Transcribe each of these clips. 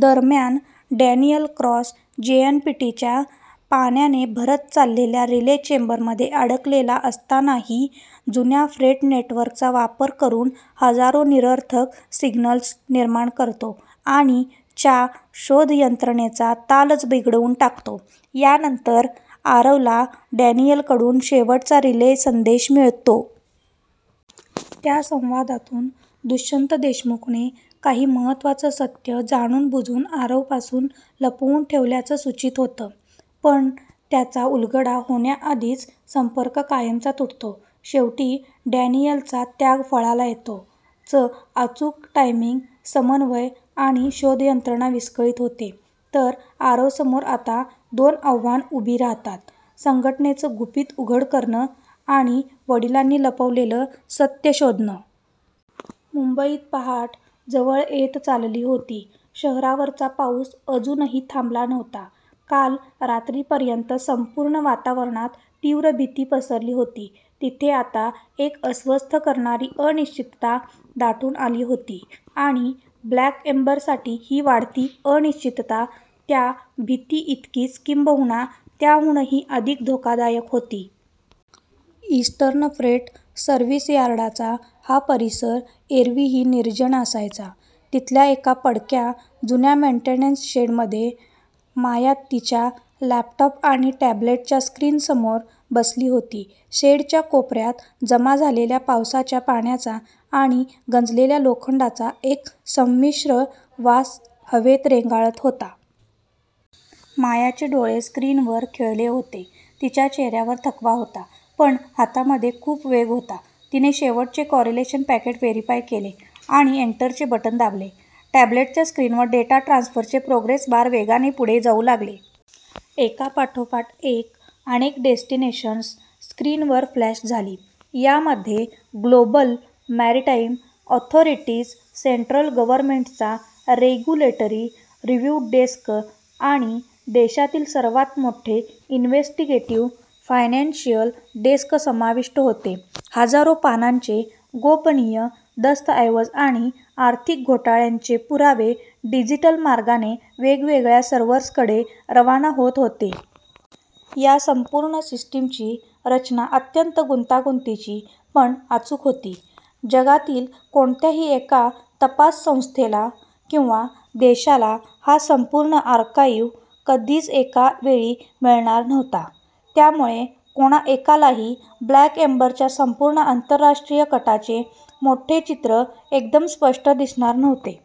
दरम्यान Daniel Cross जेएनपीटीच्या पाण्याने भरत चाललेल्या रिले चेंबरमध्ये अडकलेला असतानाही जुन्या फ्रेट नेटवर्कचा वापर करून हजारो निरर्थक सिग्नल्स निर्माण करतो आणि च्या शोधयंत्रणेचा तालच बिघडवून टाकतो. यानंतर आरवला डॅनियलकडून शेवटचा रिले संदेश मिळतो. त्या संवादातून दुष्यंत देशमुखने काही महत्त्वाचं सत्य जाणूनबुजून आरवपासून लपवून ठेवल्याचं सूचित होतं, पण त्याचा उलगडा होण्याआधीच संपर्क कायमचा तुटतो. शेवटी डॅनियलचा त्याग फळाला येतो. चं अचूक टायमिंग, समन्वय आणि शोधयंत्रणा विस्कळीत होते, तर आरवसमोर आता दोन आव्हानं उभी राहतात: संघटनेचं गुपित उघड करणं आणि वडिलांनी लपवलेलं सत्य शोधणं. मुंबईत पहाट जवळ येत चालली होती. शहरावरचा पाऊस अजूनही थांबला नव्हता. काल रात्रीपर्यंत संपूर्ण वातावरणात तीव्र भीती पसरली होती, तिथे आता एक अस्वस्थ करणारी अनिश्चितता दाटून आली होती. आणि 'ब्लॅक एम्बर'साठी ही वाढती अनिश्चितता त्या भीतीइतकीच, किंबहुना त्याहूनही अधिक धोकादायक होती. इस्टर्न फ्रेट सर्व्हिस यार्डचा हा परिसर एरवीही निर्जन असायचा. तिथल्या एका पडक्या, जुन्या मेंटेनन्स शेडमध्ये माया तिच्या लॅपटॉप आणि टॅब्लेटच्या स्क्रीनसमोर बसली होती. शेडच्या कोपऱ्यात जमा झालेल्या पावसाच्या पाण्याचा आणि गंजलेल्या लोखंडाचा एक संमिश्र वास हवेत रेंगाळत होता. मायाचे डोळे स्क्रीनवर खिळले होते. तिच्या चेहऱ्यावर थकवा होता, पण हातामध्ये खूप वेग होता. तिने शेवटचे कोरिलेशन पॅकेट व्हेरीफाय केले आणि एंटरचे बटण दाबले. टॅब्लेटच्या स्क्रीनवर डेटा ट्रान्सफरचे प्रोग्रेस बार वेगाने पुढे जाऊ लागले. एकापाठोपाठ एक अनेक डेस्टिनेशन्स स्क्रीनवर फ्लॅश झाली. यामध्ये ग्लोबल मॅरीटाईम ऑथॉरिटीज, सेंट्रल गव्हर्नमेंटचा रेगुलेटरी रिव्ह्यू डेस्क आणि देशातील सर्वात मोठे इन्व्हेस्टिगेटिव्ह फायनान्शियल डेस्क समाविष्ट होते. हजारो पानांचे गोपनीय दस्तऐवज आणि आर्थिक घोटाळ्यांचे पुरावे डिजिटल मार्गाने वेगवेगळ्या सर्व्हर्सकडे रवाना होत होते. या संपूर्ण सिस्टीमची रचना अत्यंत गुंतागुंतीची पण अचूक होती. जगातील कोणत्याही एका तपास संस्थेला किंवा देशाला हा संपूर्ण आर्काइव कधीच एका वेळी मिळणार नव्हता. त्यामुळे कोणा एकालाही 'ब्लॅक एम्बर'च्या संपूर्ण आंतरराष्ट्रीय कटाचे मोठे चित्र एकदम स्पष्ट दिसणार नव्हते.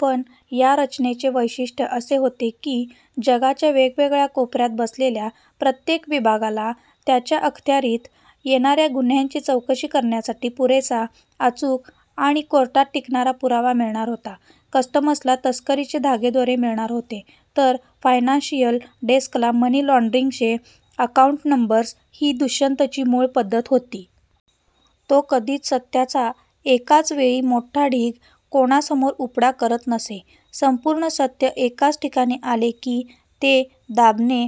पण या रचनेचे वैशिष्ट्य असे होते की, जगाच्या वेगवेगळ्या कोपऱ्यात बसलेल्या प्रत्येक विभागाला त्यांच्या अखत्यारीत येणाऱ्या गुन्ह्यांची चौकशी करण्यासाठी पुरेसा, अचूक आणि कोर्टात टिकणारा पुरावा मिळणार होता. कस्टम्सला तस्करीचे धागेदोरे मिळणार होते, तर फायनान्शियल डेस्कला मनी लाँड्रिंगचे अकाऊंट नंबर्स ही दुष्यंतची मूळ पद्धत होती. तो कधीच सत्याचा एकाच वेळी मोठा ढीग कोणासमोर उपडा करत नसे. संपूर्ण सत्य एकाच ठिकाणी आले की ते दाबणे